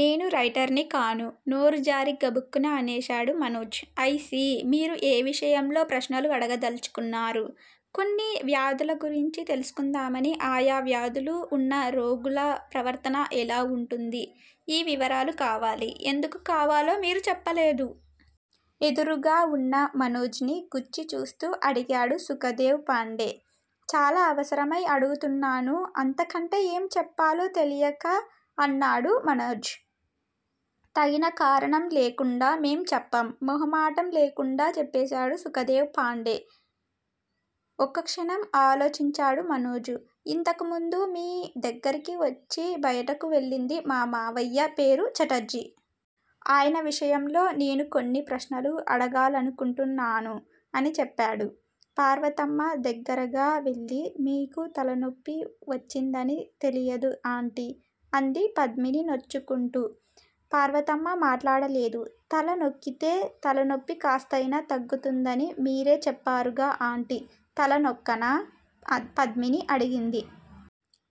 నేను రైటర్ ని కాను నోరు జారి గబుక్కున అనేశాడు మనోజ్. ఐ. సీ! మీరు ఏ విషయంలో ప్రశ్నలు అడగదలచుకున్నారు? కొన్ని వ్యాధుల గురించి తెలుసుకుందామని ఆయా వ్యాధులు వున్న రోగుల ప్రవర్తన ఎలా వుంటుంది? ఈ వివరాలు కావాలి! ఎందుకు కావాలో మీరు చెప్పలేదు? ఎదురుగా వున్న మనోజుని గుచ్చి చూస్తూ అడిగాడు సుఖదేవ్ పాండే. చాలా అవసరమై అడుగుతున్నాను అంతకంటే ఏమి చెప్పాలో తెలియక అన్నాడు మనోజు. తగిన కారణం లేకుండా మేం చెప్పం. మొహమాటం లేకుండా చెప్పేశాడు సుఖదేవ్ పాండే. ఒక్కక్షణం ఆలోచించాడు మనోజు. ఇంతకుముందు మీ దగ్గరికి వచ్చి బయటకు వెళ్ళింది మా మావయ్య పేరు ఛటర్జీ. ఆయన విషయంలో నేను కొన్ని ప్రశ్నలు అడగాలనుకుంటున్నాను అని చెప్పాడు. పార్వతమ్మ దగ్గరగా వెళ్ళి మీకు తలనొప్పి వచ్చిందని తెలియదు ఆంటీ! అంది పద్మిని నొచ్చుకుంటూ. పార్వతమ్మ మాట్లాడలేదు. తల నొక్కితే తలనొప్పి కాస్తయినా తగ్గుతుందని మీరే చెప్పారుగా ఆంటీ! తల నొక్కనా! పద్మిని అడిగింది.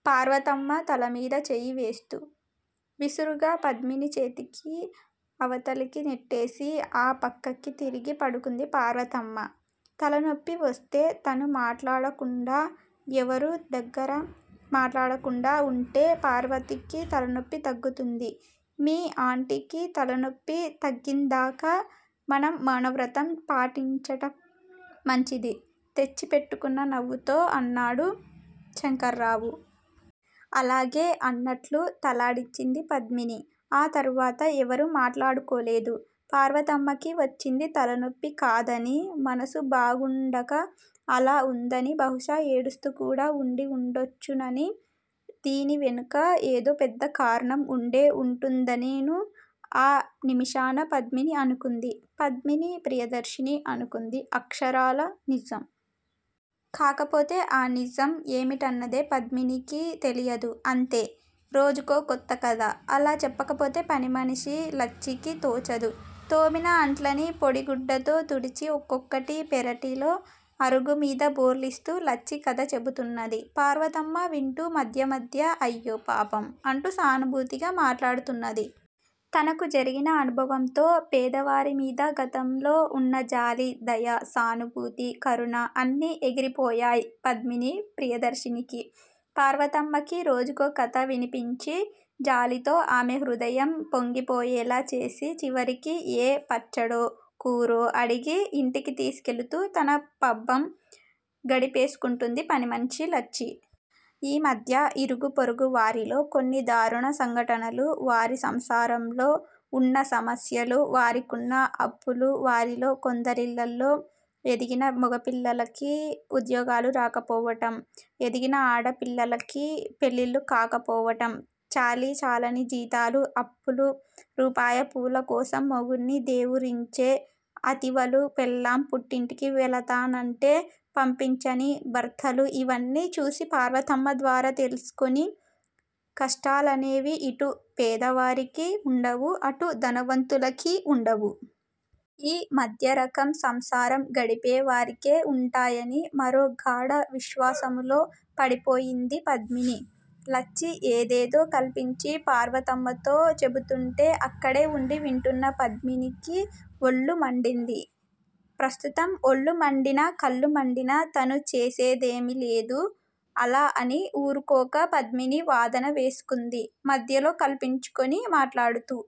పార్వతమ్మ తలమీద చేయివేస్తూ. విసురుగా పద్మిని చేతికి అవతలకి నెట్టేసి ఆ పక్కకి తిరిగి పడుకుంది పార్వతమ్మ. తల నొప్పివస్తే తను మాట్లాడకుండా యెవరూ దగ్గర మాట్లాడకుండా వుంటే పార్వతికి తలనొప్పి తగ్గుతుంది. మీ ఆంటీకి తలనొప్పి తగ్గిందాకా మనం మౌనవ్రతం పాటించటం మంచిది తెచ్చి పెట్టుకున్న నవ్వుతో అన్నాడు శంకర్రావు. అలాగే అన్నట్లు తలాడించింది పద్మిని. ఆ తర్వాత ఎవరూ మాట్లాడుకోలేదు. పార్వతమ్మకి వచ్చింది తలనొప్పి కాదని మనసు బాగుండక అలా ఉందని బహుశా ఏడుస్తూ కూడా ఉండి ఉండొచ్చుననీ దీని వెనుక యేదో పెద్ద కారణం ఉండే ఉంటుందనీను ఆ నిమిషాన పద్మిని అనుకుంది. పద్మిని ప్రియదర్శిని అనుకుంది అక్షరాల నిజం. కాకపోతే ఆ నిజం యేమిటన్నదే పద్మినికి తెలియదు. అంతే! రోజుకో కొత్త కథ. అలా చెప్పకపోతే పనిమనిషి లచ్చికి తోచదు. తోమిన అంట్లని పొడిగుడ్డతో తుడిచి ఒక్కొక్కటి పెరటిలో అరుగుమీద బోర్లిస్తూ లచ్చి కథ చెబుతున్నది. పార్వతమ్మ వింటూ మధ్య మధ్య అయ్యో పాపం! అంటూ సానుభూతిగా మాటాడుతున్నది. తనకు జరిగిన అనుభవంతో పేదవారిమీద గతంలో ఉన్న జాలి, దయ, సానుభూతి, కరుణ అన్నీ ఎగిరిపోయాయ్ పద్మిని ప్రియదర్శినికి. పార్వతమ్మకి రోజుకో కథ వినిపించి జాలితో ఆమె హృదయం పొంగిపోయేలా చేసి చివరికి యే పచ్చడో, కూరో అడిగి ఇంటికి తీసుకెళుతూ తన పబ్బం గడిపేసుకుంటుంది పనిమనిషి లచ్చి. ఈ మధ్య ఇరుగు పొరుగు వారిలో కొన్ని దారుణ సంఘటనలు, వారి సంసారంలో వున్న సమస్యలు, వారికున్న అప్పులు, వారిలో కొందరిళ్ళలో ఎదిగిన మొగపిల్లలకి ఉద్యోగాలు రాకపోవటం. ఎదిగిన ఆడపిల్లలకి పెళ్ళిళ్ళు కాకపోవటం, చాలీచాలని జీతాలు అప్పులు రూపాయి పూలకోసం మొగుడ్ని దేవురించే అతివలు పెళ్ళాం పుట్టింటికి వెళతానంటే పంపించని భర్తలు ఇవన్నీ చూసి పార్వతమ్మ ద్వారా తెలుసుకొని కష్టాలనేవి ఇటు పేదవారికి ఉండవు అటు ధనవంతులకీ ఉండవు. ఈ మధ్యరకం సంసారం గడిపేవారికే ఉంటాయని మరో గాఢ విశ్వాసములో పడిపోయింది పద్మిని. లచ్చి యేదేదో కల్పించి పార్వతమ్మతో చెబుతూంటే అక్కడే ఉండి వింటున్న పద్మినికి ఒళ్ళు మండింది. ప్రస్తుతం ఒళ్ళు మండినా, కళ్ళు మండినా తను చేసేదేమీలేదు. అలా అని ఊరుకోక పద్మిని వాదన వేసుకుంది మధ్యలో కల్పించుకొని మాట్లాడుతూ.